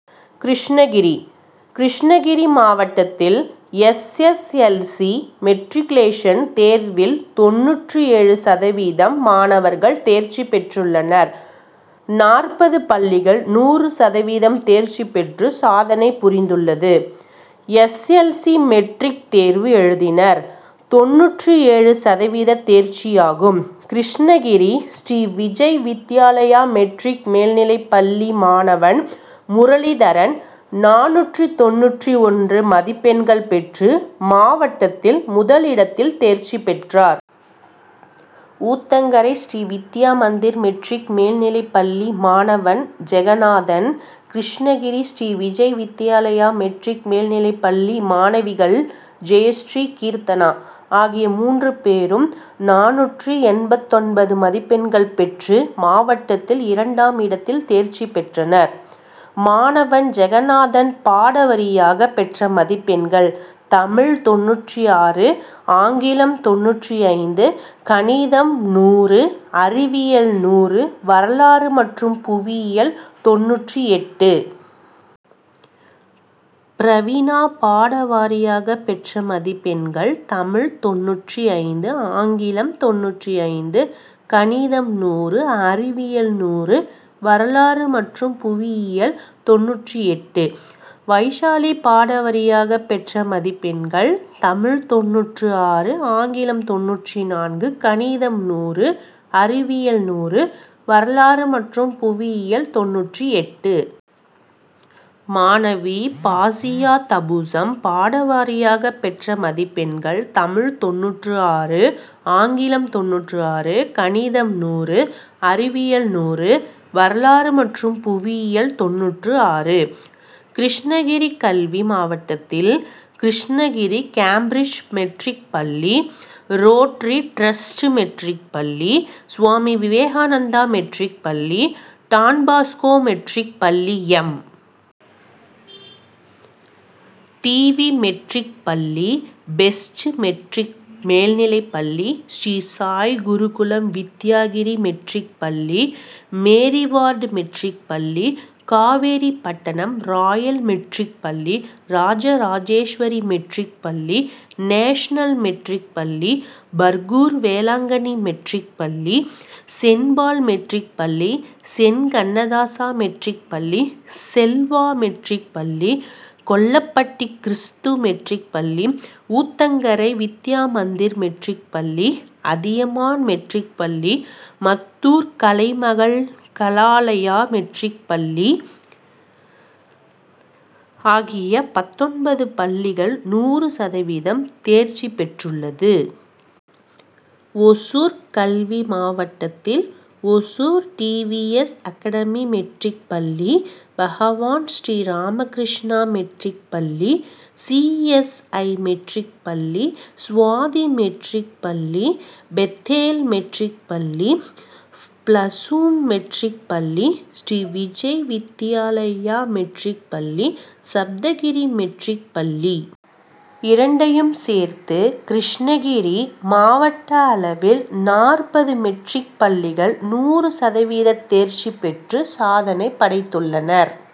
கிருஷ்ணகிரி: கிருஷ்ணகிரி மாவட்டத்தில் S. S. L. C., matriculation தேர்வில் தொண்ணூற்று ஏழு சதவீதம் மாணவர்கள் தேர்ச்சி பெற்றுள்ளனர். நாற்பது பள்ளிகள் நூறு சதவீதம் தேர்ச்சி பெற்று சாதனை புரிந்துள்ளது. எஸ். எல். ஸி.,மெட்ரிக் தேர்வு எழுதினர். தொண்ணூற்று ஏழு சதவீத தேர்ச்சியாகும். கிருஷ்ணகிரி ஸ்ரீ விஜய் வித்யாலயா மெட்ரிக் மேல்நிலைப்பள்ளி மாணவன் முரளிதரன் நானூற்று தொண்ணூற்று ஒன்று மதிப்பெண்கள் பெற்று மாவட்டதில் முதல் இடத்தில் தேர்ச்சி பெற்றார். ஊத்தங்கரை ஸ்ரீ வித்யா மந்திர் மெட்ரிக் மேல்நிலைப்பள்ளி மாணவன் ஜெகநாதன், கிருஷ்ணகிரி ஸ்ரீ விஜய் வித்யாலயா மெட்ரிக் மேல்நிலைப்பள்ளி மாணவிகள் ஜெயஸ்ரீ, கீர்த்தனா ஆகிய மூன்று பேரும் நானூற்று எண்பத்தொன்பது மதிப்பெண்கள் பெற்று மாவட்டத்தில் இரண்டாம் இடத்தில் தேர்ச்சி பெற்றனர். மாணவன் ஜகநாதன் பாடவாரியாக பெற்ற மதிப்பெண்கள்: தமிழ் தொண்ணூற்று ஆறு, ஆங்கிலம் தொண்ணூற்று ஐந்து, கணிதம் நூறு, அறிவியல் நூறு, வரலாறு மற்றும் புவியியல் தொண்ணூற்று எட்டு. பிரவீனா பாடவாரியாக பெற்ற மதிப்பெண்கள்: தமிழ் தொண்ணூற்று ஐந்து, ஆங்கிலம் தொண்ணூற்று ஐந்து, கணிதம் நூறு, அறிவியல் நூறு, வரலாறு மற்றும் புவியியல் தொண்ணூற்று எட்டு. வைசாலி பாடவரியாக பெற்ற மதிப்பெண்கள்: தமிழ் தொண்ணூற்று ஆறு, ஆங்கிலம் தொண்ணூற்று நான்கு, கணிதம் நூறு, அறிவியல் நூறு, வரலாறு மற்றும் புவியியல் தொண்ணூற்று எட்டு. மாணவி பாசியா தபூசம் பாடவாரியாக பெற்ற மதிப்பெண்கள்: தமிழ் தொண்ணூற்று ஆறு, ஆங்கிலம் தொண்ணூற்று ஆறு, கணிதம் நூறு, அறிவியல் நூறு, வரலாறு மற்றும் புவியியல் தொண்ணூற்று ஆறு. கிருஷ்ணகிரி கல்வி மாவட்டத்தில் கிருஷ்ணகிரி கேம்பிரிட்ஜ் மெட்ரிக் பள்ளி, ரோட்டரி டிரஸ்ட் மெட்ரிக் பள்ளி, சுவாமி விவேகானந்தா மெட்ரிக் பள்ளி, டான்பாஸ்கோ மெட்ரிக் பள்ளி, எம். டி. வி., மெட்ரிக் பள்ளி, பெஸ்ட் மெட்ரிக் மேல்நிலைப்பள்ளி, ஸ்ரீ சாய் குருகுலம் வித்யா கிரி மெட்ரிக் பள்ளி, மேரிவார்டு மெட்ரிக் பள்ளி, காவேரிப்பட்டணம் ராயல் மெட்ரிக் பள்ளி, ராஜ ராஜேஸ்வரி மெட்ரிக் பள்ளி, நேஷனல் மெட்ரிக் பள்ளி, பர்கூர், வேளாங்கன்னி மெட்ரிக் பள்ளி, செயின்ட்பால் மெட்ரிக் பள்ளி, செயின்ட் கண்ணதாசா மெட்ரிக் பள்ளி, செல்வா மெட்ரிக் பள்ளி, கொல்லப்பட்டி கிறுஸ்து மெட்ரிக் பள்ளி, ஊத்தங்கரை வித்யா மந்திர் மெட்ரிக்பள்ளி, அதியமான் மெட்ரிக் பள்ளி, மத்தூர் கலைமகள் கலாலயா மெட்ரிக் பள்ளி ஆகிய பத்தொன்பது பள்ளிகள் நூறு சதவீதம் தேர்சி பெற்றுள்ளது. ஓசூர் கல்வி மாவட்டத்தில் ஓசூர் டிவிஎஸ் அகாடமிமெட்ரிக் பள்ளி, பகவான் ஸ்ரீ ராமகிருஷ்ணா மெட்ரிக் பள்ளி, சி. எஸ். ஐ., மெட்ரிக் பள்ளி, சுவாதி மெட்ரிக் பள்ளி, பெத்தேல் மெட்ரிக் பள்ளி, ப்ளசூம் மெட்ரிக் பள்ளி, ஸ்ரீ விஜய் வித்யாலயா மெட்ரிக் பள்ளி, சப்தகிரி மெட்ரிக் பள்ளி, இரண்டையும் சேர்த்து கிருஷ்ணகிரி மாவட்ட அளவில் நாற்பது மெட்ரிக் பள்ளிகள் நூறு சதவீத தேர்ச்சி பெற்று சாதனை படைத்துள்ளனர்.